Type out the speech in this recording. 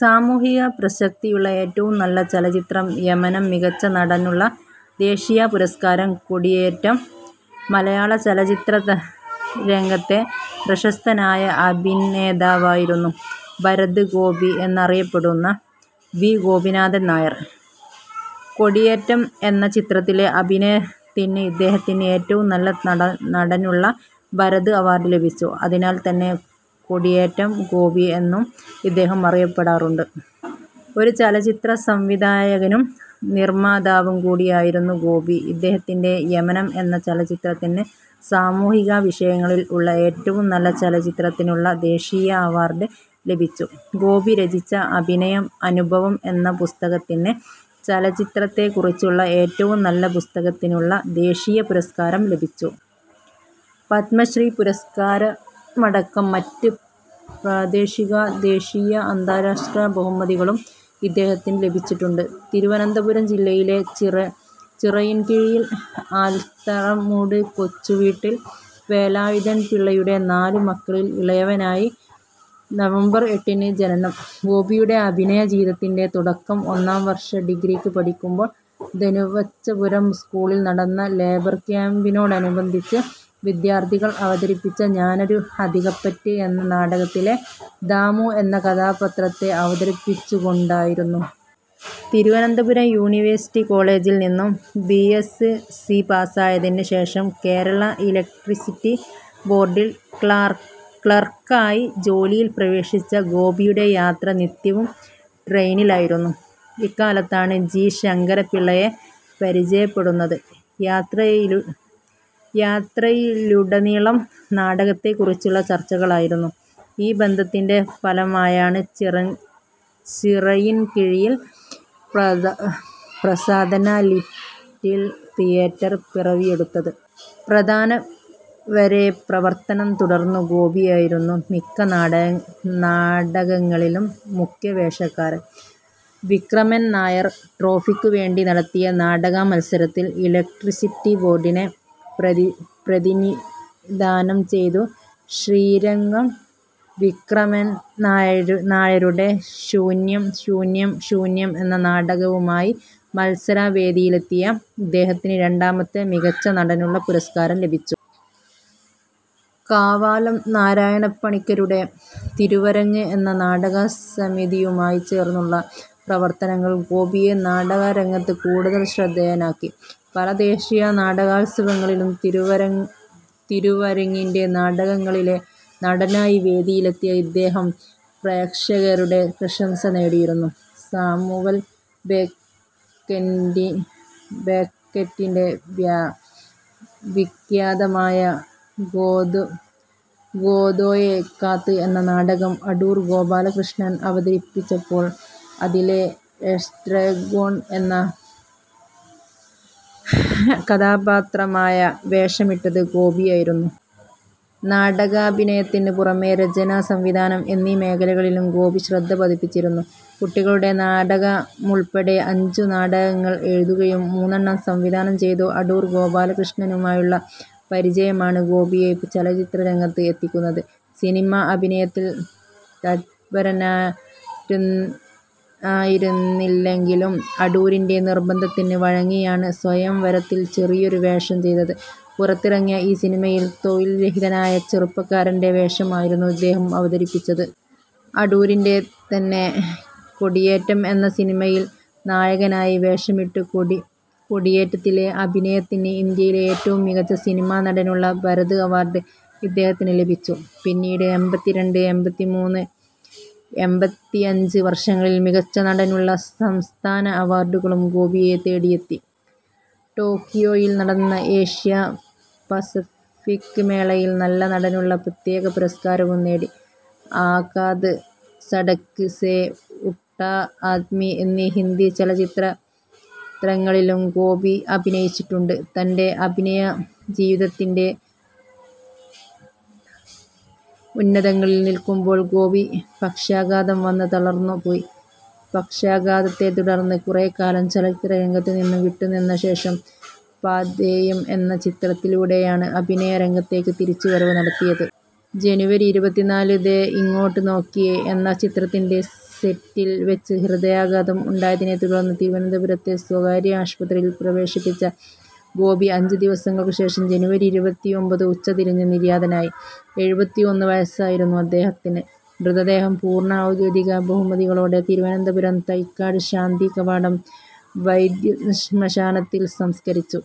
സാമൂഹിക പ്രസക്തിയുള്ള ഏറ്റവും നല്ല ചലച്ചിത്രം യമനം: മികച്ച നടനുള്ള ദേശീയപുരസ്കാരം കൊടിയേറ്റം മലയാളചലച്ചിത്രരംഗത്തെ പ്രശസ്തനായ അഭിനേതാവായിരുന്നു ഭരത് ഗോപി എന്നറിയപ്പെടുന്ന വി. ഗോപിനാഥൻ നായർ. കൊടിയേറ്റം എന്ന ചിത്രത്തിലെ അഭിനയത്തിന് ഇദ്ദേഹത്തിന് ഏറ്റവും നല്ല നടനുള്ള ഭരത് അവാർഡ് ലഭിച്ചു. അതിനാൽത്തന്നെ കൊടിയേറ്റം ഗോപി എന്നും ഇദ്ദേഹം അറിയപ്പെടാറുണ്ട്. ഒരു ചലച്ചിത്രസംവിധായകനും നിർമ്മാതാവും കൂടി ആയിരുന്നു ഗോപി. ഇദ്ദേഹത്തിന്‍റെ യമനം എന്ന ചലച്ചിത്രത്തിന് സാമൂഹിക വിഷയങ്ങളിൽ ഉള്ള ഏറ്റവും നല്ല ചലച്ചിത്രത്തിനുള്ള ദേശീയ അവാർഡ് ലഭിച്ചു. ഗോപി രചിച്ച ' അഭിനയം അനുഭവം ' എന്ന പുസ്തകത്തിന് ചലച്ചിത്രത്തെക്കുറിച്ചുള്ള ഏറ്റവും നല്ല പുസ്തകത്തിനുള്ള ദേശീയപുരസ്കാരം ലഭിച്ചു. പത്മശ്രീ പുരസ്കാരമടക്കം മറ്റ് പ്രാദേശിക, ദേശീയ, അന്താരാഷ്ട്ര ബഹുമതികളും ഇദ്ദേഹത്തിന് ലഭിച്ചിട്ടുണ്ട്. തിരുവനന്തപുരം ജില്ലയിലെ ചിറയിൻകീഴിൽ ആൽത്തറമൂട് കൊച്ചുവീട്ടിൽ വേലായുധൻ പിള്ളയുടെ നാലു മക്കളിൽ ഇളയവനായി നവംബർ എട്ടിന് ജനനം. ഗോപിയുടെ അഭിനയ ജീവിതത്തിന്‍റെ തുടക്കം ഒന്നാം വർഷ ഡിഗ്രിക്ക് പഠിക്കുമ്പോൾ ധനുവച്ചപുരം സ്കൂളിൽ നടന്ന ലേബർ ക്യാമ്പിനോടനുബന്ധിച്ച് വിദ്യാർത്ഥികൾ അവതരിപ്പിച്ച ഞാനൊരു അധികപ്പറ്റ് എന്ന നാടകത്തിലെ ' ദാമു ' എന്ന കഥാപാത്രത്തെ അവതരിപ്പിച്ചുകൊണ്ടായിരുന്നു. തിരുവനന്തപുരം യൂണിവേഴ്സിറ്റി കോളേജിൽ നിന്നും ബി. എസ്സ്. സി പാസായതിന് ശേഷം കേരള ഇലക്ട്രിസിറ്റി ബോർഡിൽ ക്ലാർക്കായി ജോലിയിൽ പ്രവേശിച്ച ഗോപിയുടെ യാത്ര നിത്യവും ട്രെയിനിലായിരുന്നു. ഇക്കാലത്താണ് ജി. ശങ്കരപ്പിള്ളയെ പരിചയപ്പെടുന്നത്. യാത്രയിലുടനീളം നാടകത്തെക്കുറിച്ചുള്ള ചർച്ചകളായിരുന്നു. ഈ ബന്ധത്തിന്‍റെ ഫലമായാണ് ചിറയിൻകീഴിൽ ' പ്രസാധന ലിറ്റിൽ തിയേറ്റർ ' പിറവിയെടുത്തത്. ' പ്രസാധന ' വരെ പ്രവർത്തനം തുടർന്നു. ഗോപിയായിരുന്നു മിക്ക നാടകങ്ങളിലും മുഖ്യവേഷക്കാരൻ. വിക്രമൻ നായർ ട്രോഫിക്കുവേണ്ടി നടത്തിയ നാടകമത്സരത്തിൽ ഇലക്ട്രിസിറ്റി ബോർഡിനെ പ്രതിനിധാനം ചെയ്തു ശ്രീരംഗം വിക്രമൻനായരുടെ ശൂന്യം ശൂന്യം ശൂന്യം എന്ന നാടകവുമായി മത്സരവേദിയിലെത്തിയ ഇദ്ദേഹത്തിന് രണ്ടാമത്തെ മികച്ച നടനുള്ള പുരസ്കാരം ലഭിച്ചു. കാവാലം നാരായണപ്പണിക്കരുടെ ' തിരുവരങ്ങ് ' എന്ന നാടകസമിതിയുമായി ചേർന്നുളള പ്രവർത്തനങ്ങൾ ഗോപിയെ നാടകരംഗത്ത് കൂടുതൽ ശ്രദ്ധേയനാക്കി. പല ദേശീയ നാടകോത്സവങ്ങളിലും തിരുവരങ്ങിന്റെ നാടകങ്ങളിലെ നടനായി വേദിയിലെത്തിയ ഇദ്ദേഹം പ്രേക്ഷകരുടെ പ്രശംസ നേടിയിരുന്നു. സാമുവൽ ബേക്കറ്റിന്‍റെ വിഖ്യാതമായ ഗോദോയെ കാത്ത് എന്ന നാടകം അടൂർ ഗോപാലകൃഷ്ണൻ അവതരിപ്പിച്ചപ്പോൾ അതിലെ ' എസ്ട്രഗോൺ ' എന്ന കഥാപാത്രമായി വേഷമിട്ടത് ഗോപിയായിരുന്നു. നാടകാഭിനയത്തിനു പുറമേ രചന, സംവിധാനം എന്നീ മേഖലകളിലും ഗോപി ശ്രദ്ധ പതിപ്പിച്ചിരുന്നു. കുട്ടികളുടെ നാടകമുൾപ്പെടെ അഞ്ചുനാടകങ്ങൾ എഴുതുകയും മൂന്നെണ്ണം സംവിധാനം ചെയ്തു. അടൂർ ഗോപാലകൃഷ്ണനുമായുള്ള പരിചയമാണ് ഗോപിയെ ചലച്ചിത്രരംഗത്ത് എത്തിക്കുന്നത്. സിനിമാ അഭിനയത്തിൽ തത്പരനായിരുന്നില്ലെങ്കിലും അടൂരിന്‍റെ നിർബന്ധത്തിന് വഴങ്ങിയാണ് സ്വയംവരത്തിൽ ചെറിയൊരു വേഷം ചെയ്തത്. പുറത്തിറങ്ങിയ ഈ സിനിമയിൽ തൊഴിൽരഹിതനായ ചെറുപ്പക്കാരന്‍റെ വേഷമായിരുന്നു ഇദ്ദേഹം അവതരിപ്പിച്ചത്. അടൂരിന്‍റെ തന്നെ കൊടിയേറ്റം എന്ന സിനിമയിൽ നായകനായി വേഷമിട്ടു. കൊടിയേറ്റത്തിലെ അഭിനയത്തിന് ഇന്ത്യയിലെ ഏറ്റവും മികച്ച സിനിമാ നടനുള്ള ' ഭരത് ' അവാർഡ് ഇദ്ദേഹത്തിന് ലഭിച്ചു. പിന്നീട്, എമ്പത്തിരണ്ട്, എമ്പത്തിമൂന്ന്, എമ്പത്തിഅഞ്ച് വർഷങ്ങളിൽ മികച്ച നടനുള്ള സംസ്ഥാന അവാർഡുകളും ഗോപിയെ തേടിയെത്തി. ടോക്കിയോയിൽ നടന്ന ഏഷ്യാ പസഫിക് മേളയിൽ നല്ല നടനുള്ള പ്രത്യേക പുരസ്കാരവും നേടി. ആഖാത്, സടക്ക് സേ ഉഠാ ആദ്മി എന്നീ ഹിന്ദി ചലച്ചിത്രങ്ങളിലും ഗോപി അഭിനയിച്ചിട്ടുണ്ട്. തന്‍റെ അഭിനയജീവിതത്തിന്‍റെ ഉന്നതങ്ങളിൽ നിൽക്കുമ്പോൾ ഗോപി പക്ഷാഘാതം വന്ന് തളർന്നു പോയി. പക്ഷാഘാതത്തെത്തുടർന്ന് കുറെക്കാലം ചലച്ചിത്രരംഗത്തുനിന്നും വിട്ടുനിന്നശേഷം പാഥേയം എന്ന ചിത്രത്തിലൂടെയാണ് അഭിനയ രംഗത്തേക്ക് തിരിച്ചുവരവ് നടത്തിയത്. ജനുവരി ഇരുപത്തിനാലിന് ദേ ഇങ്ങോട്ട് നോക്കിയേ എന്ന ചിത്രത്തിന്‍റെ സെറ്റിൽ വച്ച് ഹൃദയാഘാതം ഉണ്ടായതിനെത്തുടർന്ന് തിരുവനന്തപുരത്തെ സ്വകാര്യ ആശുപത്രിയിൽ പ്രവേശിപ്പിച്ച ഗോപി അഞ്ചുദിവസങ്ങൾക്കുശേഷം ജനുവരി ഇരുപത്തിഒമ്പത് ഉച്ച തിരിഞ്ഞ് നിര്യാതനായി. എഴുപത്തിഒന്നു വയസ്സായിരുന്നു അദ്ദേഹത്തിന്. മൃതദേഹം പൂർണ ഔദ്യോഗിക ബഹുമതികളോടെ തിരുവനന്തപുരം തൈക്കാട് ശാന്തികവാടം വൈദ്യുതശ്മശാനത്തിൽ സംസ്കരിച്ചു.